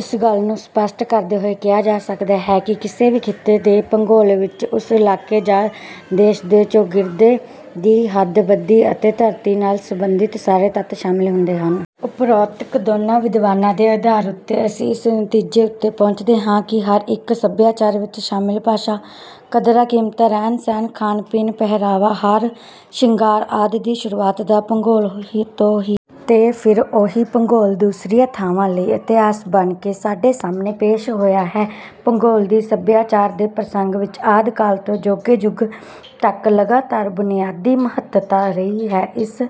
ਇਸ ਗੱਲ ਨੂੰ ਸਪਸ਼ਟ ਕਰਦੇ ਹੋਏ ਕਿਹਾ ਜਾ ਸਕਦਾ ਹੈ ਕਿ ਕਿਸੇ ਵੀ ਖਿੱਤੇ ਦੇ ਭੂਗੋਲ ਵਿੱਚ ਉਸ ਇਲਾਕੇ ਜਾਂ ਦੇਸ਼ ਦੇ ਚੌਗਿਰਦੇ ਦੀ ਹੱਦਬੰਦੀ ਅਤੇ ਧਰਤੀ ਨਾਲ ਸਬੰਧਿਤ ਸਾਰੇ ਤੱਤ ਸ਼ਾਮਿਲ ਹੁੰਦੇ ਹਨ। ਉਪਰੋਕਤ ਦੋਨਾਂ ਵਿਦਵਾਨਾਂ ਦੇ ਅਧਾਰ ਉੱਤੇ ਅਸੀਂ ਇਸ ਨਤੀਜੇ ਉੱਤੇ ਪਹੁੰਚਦੇ ਹਾਂ ਕਿ ਹਰ ਇੱਕ ਸਭਿਆਚਾਰ ਵਿੱਚ ਸ਼ਾਮਿਲ ਭਾਸ਼ਾ, ਕਦਰਾਂ ਕੀਮਤਾਂ, ਰਹਿਣ ਸਹਿਣ, ਖਾਣ ਪੀਣ, ਪਹਿਰਾਵਾ, ਹਾਰ ਸਿੰਗਾਰ ਆਦਿ ਦੀ ਸ਼ੁਰੂਆਤ ਤਾਂ ਭੂਗੋਲ ਤੋਂ ਹੋਈ ਹੈ। ਤੇ ਫਿਰ ਓਹੀ ਭੂਗੋਲ ਦੂਸਰੀਆਂ ਥਾਵਾਂ ਲਈ ਇਤਿਹਾਸ ਬਣ ਕੇ ਸਾਡੇ ਸਾਹਮਣੇ ਪੇਸ਼ ਹੋਇਆ ਹੈ। ਭੂਗੋਲ ਦੀ ਸਭਿਆਚਾਰ ਦੇ ਪ੍ਰਸੰਗ ਵਿੱਚ ਆਦਿ ਕਾਲ ਤੋਂ ਅਜੋਕੇ ਯੁੱਗ ਤੱਕ ਲਗਾਤਾਰ ਬੁਨਿਆਦੀ ਮਹੱਤਤਾ ਰਹੀ ਹੈ। ਇਸ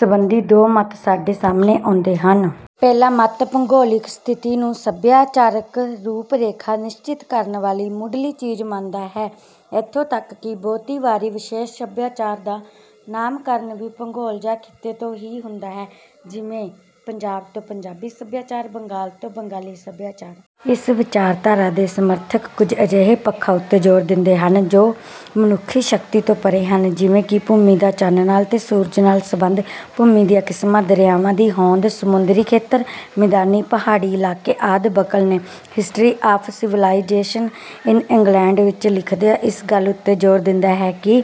ਸਬੰਧੀ ਦੋ ਮਤ ਸਾਡੇ ਸਾਹਮਣੇ ਆਉਂਦੇ ਹਨ। ਪਹਿਲਾ ਮਤ ਭੂਗੋਲਿਕ ਸਥਿਤੀ ਨੂੰ ਸਭਿਆਚਾਰਕ ਰੂਪ ਰੇਖਾ ਨਿਸ਼ਚਿਤ ਕਰਨ ਵਾਲੀ ਮੁੱਢਲੀ ਚੀਜ਼ ਮੰਨਦਾ ਹੈ। ਇੱਥੋਂ ਤੱਕ ਕਿ ਬਹੁਤੀ ਵਾਰੀ ਵਿਸ਼ੇਸ਼ ਸਭਿਆਚਾਰ ਦਾ ਨਾਮਕਰਣ ਵੀ ਭੂਗੋਲ ਜਾਂ ਖਿੱਤੇ ਤੋਂ ਹੀ ਹੁੰਦਾ ਹੈ, ਜਿਵੇਂ ਪੰਜਾਬ ਤੋਂ ਪੰਜਾਬੀ ਸਭਿਆਚਾਰ, ਬੰਗਾਲ ਤੋਂ ਬੰਗਾਲੀ ਸਭਿਆਚਾਰ। ਇਸ ਵਿਚਾਰਧਾਰਾ ਦੇ ਸਮਰਥਕ ਕੁੱਝ ਅਜਿਹੇ ਪੱਖਾਂ ਉੱਤੇ ਜੋਰ ਦਿੰਦੇ ਹਨ, ਜੋ ਮਨੁੱਖੀ ਸ਼ਕਤੀ ਤੋਂ ਪਰ੍ਹੇ ਹਨ। ਜਿਵੇਂ ਕਿ ਭੂਮੀ ਦਾ ਚੰਨ ਨਾਲ ਤੇ ਸੂਰਜ ਨਾਲ ਸੰਬੰਧ, ਭੂਮੀ ਦੀਆਂ ਕਿਸਮਾਂ, ਦਰਿਆਵਾਂ ਦੀ ਹੋਂਦ, ਸਮੁੰਦਰੀ ਖੇਤਰ, ਮੈਦਾਨੀ ਪਹਾੜੀ ਇਲਾਕੇ ਆਦਿ ਬਕਲ ਨੇ history of civilization in England ਵਿੱਚ ਲਿਖਦਿਆਂ ਇਸ ਗੱਲ ਉੱਤੇ ਜੋਰ ਦਿੱਤਾ ਹੈ ਕਿ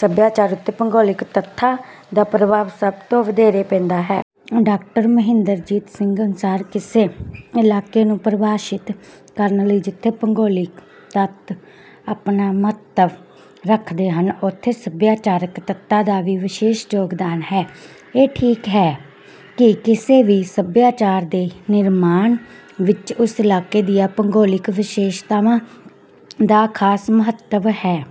ਸਭਿਆਚਾਰ ਉੱਤੇ ਭੂਗੋਲਿਕ ਤੱਥਾਂ ਦਾ ਪ੍ਰਭਾਵ ਸਭ ਤੋਂ ਵਧੇਰੇ ਪੈਂਦਾ ਹੈ। ਡਾਕਟਰ ਮੁਹਿੰਦਰਜੀਤ ਸਿੰਘ ਅਨੁਸਾਰ ਕਿਸੇ ਇਲਾਕੇ ਨੂੰ ਪ੍ਰਭਾਸ਼ਿਤ ਕਰਨ ਲਈ ਜਿੱਥੇ ਭੂਗੋਲਿਕ ਤੱਤ ਆਪਣਾ ਮਹੱਤਵ ਰੱਖਦੇ ਹਨ, ਉੱਥੇ ਸਭਿਆਚਾਰਕ ਤੱਤਾਂ ਦਾ ਵੀ ਵਿਸ਼ੇਸ਼ ਯੋਗਦਾਨ ਹੈ। ਇਹ ਠੀਕ ਹੈ ਕਿ ਕਿਸੇ ਵੀ ਸਭਿਆਚਾਰ ਦੇ ਨਿਰਮਾਣ ਵਿੱਚ ਉਸ ਇਲਾਕੇ ਦੀਆਂ ਭੂਗੋਲਿਕ ਵਿਸ਼ੇਸ਼ਤਾਵਾਂ ਦਾ ਖਾਸ ਮਹੱਤਵ ਹੈ।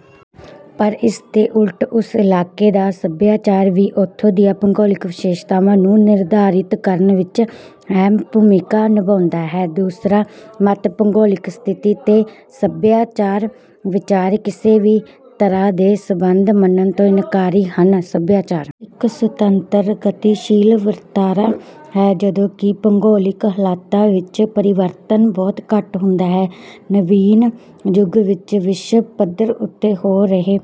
ਪਰ ਇਸ ਦੇ ਉਲਟ ਉਸ ਇਲਾਕੇ ਦਾ ਸਭਿਆਚਾਰ ਵੀ ਉੱਥੋਂ ਦੀਆਂ ਭੂਗੋਲਿਕ ਵਿਸ਼ੇਸ਼ਤਾਵਾਂ ਨੂੰ ਨਿਰਧਾਰਿਤ ਕਰਨ ਵਿੱਚ ਅਹਿਮ ਭੂਮਿਕਾ ਨਿਭਾਉਂਦਾ ਹੈ। ਦੂਸਰਾ ਮਤ ਭੂਗੋਲਿਕ ਸਥਿਤੀ ਤੇ ਸਭਿਆਚਾਰ ਵਿਚਕਾਰ ਕਿਸੇ ਵੀ ਤਰ੍ਹਾਂ ਦੇ ਸੰਬੰਧ ਮੰਨਣ ਤੋਂ ਇਨਕਾਰੀ ਹਨ। ਸਭਿਆਚਾਰ ਇੱਕ ਸੁਤੰਤਰ ਗਤੀਸ਼ੀਲ ਵਰਤਾਰਾ ਹੈ, ਜਦੋਂ ਕਿ ਭੂਗੋਲਿਕ ਹਾਲਾਤਾਂ ਵਿੱਚ ਪਰਿਵਰਤਨ ਬਹੁਤ ਘੱਟ ਹੁੰਦਾ ਹੈ। ਨਵੀਨ ਯੁੱਗ ਵਿੱਚ ਵਿਸ਼ਵ ਪੱਧਰ ਉੱਤੇ ਹੋ ਰਹੇ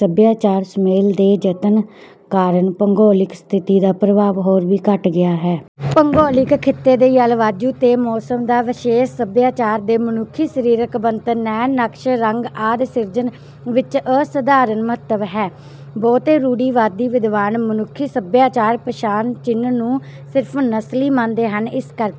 ਸਭਿਆਚਾਰ ਸੁਮੇਲ ਦੇ ਯਤਨ ਕਾਰਨ ਭੂਗੋਲਿਕ ਸਥਿਤੀ ਦਾ ਪ੍ਰਭਾਵ ਹੋਰ ਵੀ ਘੱਟ ਗਿਆ ਹੈ। ਭੂਗੋਲਿਕ ਖਿੱਤੇ ਦੇ ਜਲਵਾਯੂ ਤੇ ਮੌਸਮ ਦਾ ਵਿਸ਼ੇਸ਼ ਸਭਿਆਚਾਰ ਦੇ ਮਨੁੱਖੀ ਸਰੀਰਕ ਬਣਤਰ, ਨੈਣ ਨਕਸ਼, ਰੰਗ ਆਦਿ ਸਿਰਜਣ ਵਿੱਚ ਅਸਧਾਰਨ ਮਹੱਤਵ ਹੈ। ਬਹੁਤੇ ਰੂੜੀਵਾਦੀ ਵਿਦਵਾਨ ਮਨੁੱਖੀ ਸਭਿਆਚਾਰ ਪਛਾਣ ਚਿੰਨ੍ਹ ਨੂੰ ਸਿਰਫ ਨਸਲੀ ਮੰਨਦੇ ਹਨ। ਇਸ ਕਰਕੇ...